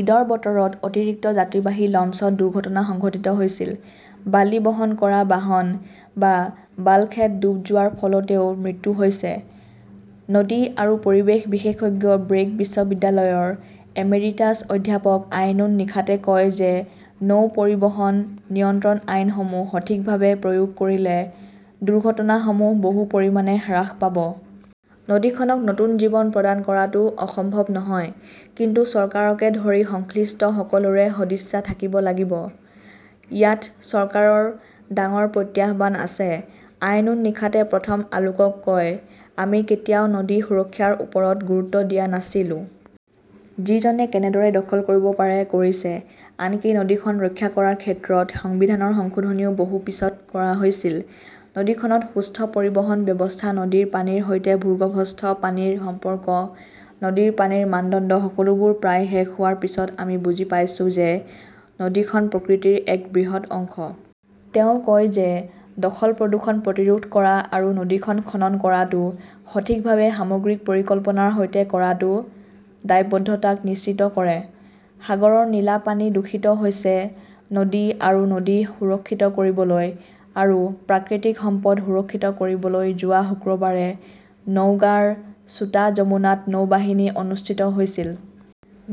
ঈদৰ বতৰত অতিৰিক্ত যাত্ৰীবাহী লঞ্চত দুৰ্ঘটনা সংঘটিত হৈছিল। বালি বহন কৰা বাহন বা বাল্কহেড ডুব যোৱাৰ ফলতও মৃত্যু হৈছে। নদী আৰু পৰিৱেশ বিশেষজ্ঞ ব্ৰেক বিশ্ববিদ্যালয়ৰ এমিৰিটাছ অধ্যাপক আইনুন নিশাতে কয় যে নৌ পৰিবহণ নিয়ন্ত্ৰণ আইনসমূহ সঠিকভাৱে প্ৰয়োগ কৰিলে দুৰ্ঘটনাসমূহ বহু পৰিমাণে হ্ৰাস পাব। নদীখনক নতুন জীৱন প্ৰদান কৰাটোও অসম্ভৱ নহয়। কিন্তু চৰকাৰকে ধৰি সংশ্লিষ্ট সকলোৰে সদিচ্ছা থাকিব লাগিব। ইয়াত চৰকাৰৰ ডাঙৰ প্ৰত্যাহ্বান আছে। আইনুন নিশাতে প্ৰথম আলোকক কয়, আমি কেতিয়াও নদী সুৰক্ষাৰ ওপৰত গুৰুত্ব দিয়া নাছিলো। যিজনে কেনেদৰে দখল কৰিব পাৰে, কৰিছে। আনকি নদীখন ৰক্ষা কৰাৰ ক্ষেত্ৰত সংবিধানৰ সংশোধনীও বহু পিছত কৰা হৈছিল। নদীখনত সুস্থ পৰিবহণ ব্যৱস্থা, নদীৰ পানীৰ সৈতে ভূগৰ্ভস্থ পানীৰ সম্পৰ্ক, নদীৰ পানীৰ মানদণ্ড সকলোবোৰ প্ৰায় শেষ হোৱাৰ পিছত আমি বুজি পাইছো যে নদীখন প্ৰকৃতিৰ এক বৃহৎ অংশ। তেওঁ কয় যে, দখল-প্ৰদূষণ প্ৰতিৰোধ কৰা আৰু নদীখন খনন কৰাটো সঠিকভাৱে সামগ্ৰিক পৰিকল্পনাৰ সৈতে কৰাটো দায়বদ্ধতাক নিশ্চিত কৰে। সাগৰৰ নীলা পানী দূষিত হৈছে নদী আৰু নদী সুৰক্ষিত কৰিবলৈ আৰু প্ৰাকৃতিক সম্পদ সুৰক্ষিত কৰিবলৈ যোৱা শুক্ৰবাৰে নওগাঁৰ ছোটা যমুনাত নৌবাহিনী অনুষ্ঠিত হৈছিল।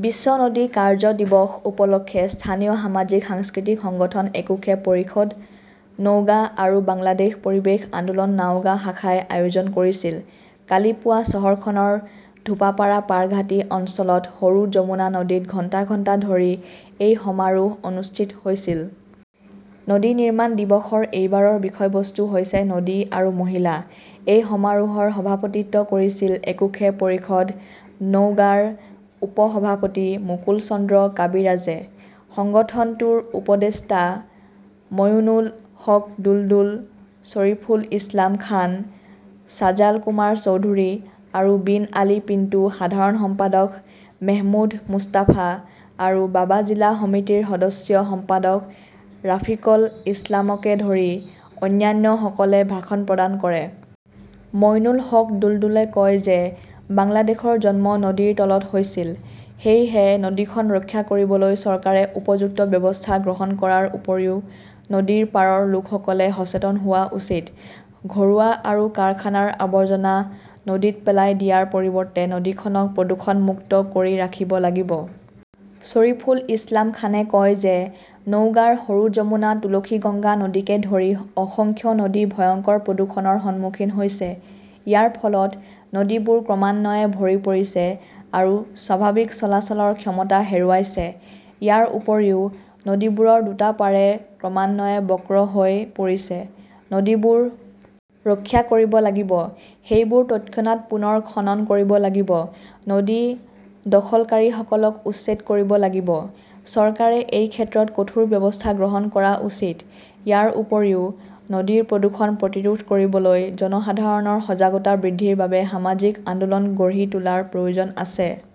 বিশ্ব নদী কাৰ্য্য দিৱস উপলক্ষে স্থানীয় সামাজিক-সাংস্কৃতিক সংগঠন একুশে পৰিষদ নওগাঁ আৰু বাংলাদেশ পৰিৱেশ আন্দোলন নাওগাঁ শাখাই আয়োজন কৰিছিল। কালি পুৱা চহৰখনৰ ধোপাপাৰা পাৰঘাটি অঞ্চলত সৰু যমুনা নদীত ঘণ্টা ঘণ্টা ধৰি এই সমাৰোহ অনুষ্ঠিত হৈছিল। নদী নিৰ্মাণ দিৱসৰ এইবাৰৰ বিষয়বস্তু হৈছে 'নদী আৰু মহিলা "। এই সমাৰোহৰ সভাপতিত্ব কৰিছিল একুশে পৰিষদ নওগাঁৰ উপ-সভাপতি মুকুল চন্দ্ৰ কাবিৰাজে। সংগঠনটোৰ উপদেষ্টা ময়োনুল হক দুলদুল, শ্বৰিফুল ইছলাম খান, ছাজাল কুমাৰ চৌধুৰী আৰু বিন আলী পিণ্টু, সাধাৰণ সম্পাদক মেহমুদ মুস্তাফা আৰু বাবা জিলা সমিতিৰ সদস্য সম্পাদক ৰাফিকল ইছলামকে ধৰি অন্যান্যসকলে ভাষণ প্ৰদান কৰে। মইনুল হক দুলদুলে কয় যে, বাংলাদেশৰ জন্ম নদীৰ তলত হৈছিল। সেয়েহে নদীখন ৰক্ষা কৰিবলৈ চৰকাৰে উপযুক্ত ব্যৱস্থা গ্ৰহণ কৰাৰ উপৰিও নদীৰ পাৰৰ লোকসকলে সচেতন হোৱা উচিত। ঘৰুৱা আৰু কাৰখানাৰ আৱৰ্জনা নদীত পেলাই দিয়াৰ পৰিৱৰ্তে নদীখনক প্ৰদূষণমুক্ত কৰি ৰাখিব লাগিব। শ্বৰিফুল ইছলাম খানে কয় যে, নওগাঁৰ সৰু যমুনা, তুলসীগংগা নদীকে ধৰি অসংখ্য নদী ভয়ংকৰ প্ৰদূষণৰ সন্মুখীন হৈছে। ইয়াৰ ফলত নদীবোৰ ক্ৰমান্বয়ে ভৰি পৰিছে আৰু স্বাভাৱিক চলাচলৰ ক্ষমতা হেৰুৱাইছে। ইয়াৰ উপৰিও নদীবোৰৰ দুটা পাৰে ক্ৰমান্বয়ে বক্ৰ হৈ পৰিছে। নদীবোৰ ৰক্ষা কৰিব লাগিব। সেইবোৰ তৎক্ষণাত পুনৰ খনন কৰিব লাগিব। নদী দখলকাৰীসকলক উচ্ছেদ কৰিব লাগিব। চৰকাৰে এই ক্ষেত্ৰত কঠোৰ ব্যৱস্থা গ্ৰহণ কৰা উচিত। ইয়াৰ উপৰিও নদীৰ প্ৰদূষণ প্ৰতিৰোধ কৰিবলৈ জনসাধাৰণৰ সজাগতা বৃদ্ধিৰ বাবে সামাজিক আন্দোলন গঢ়ি তোলাৰ প্ৰয়োজন আছে।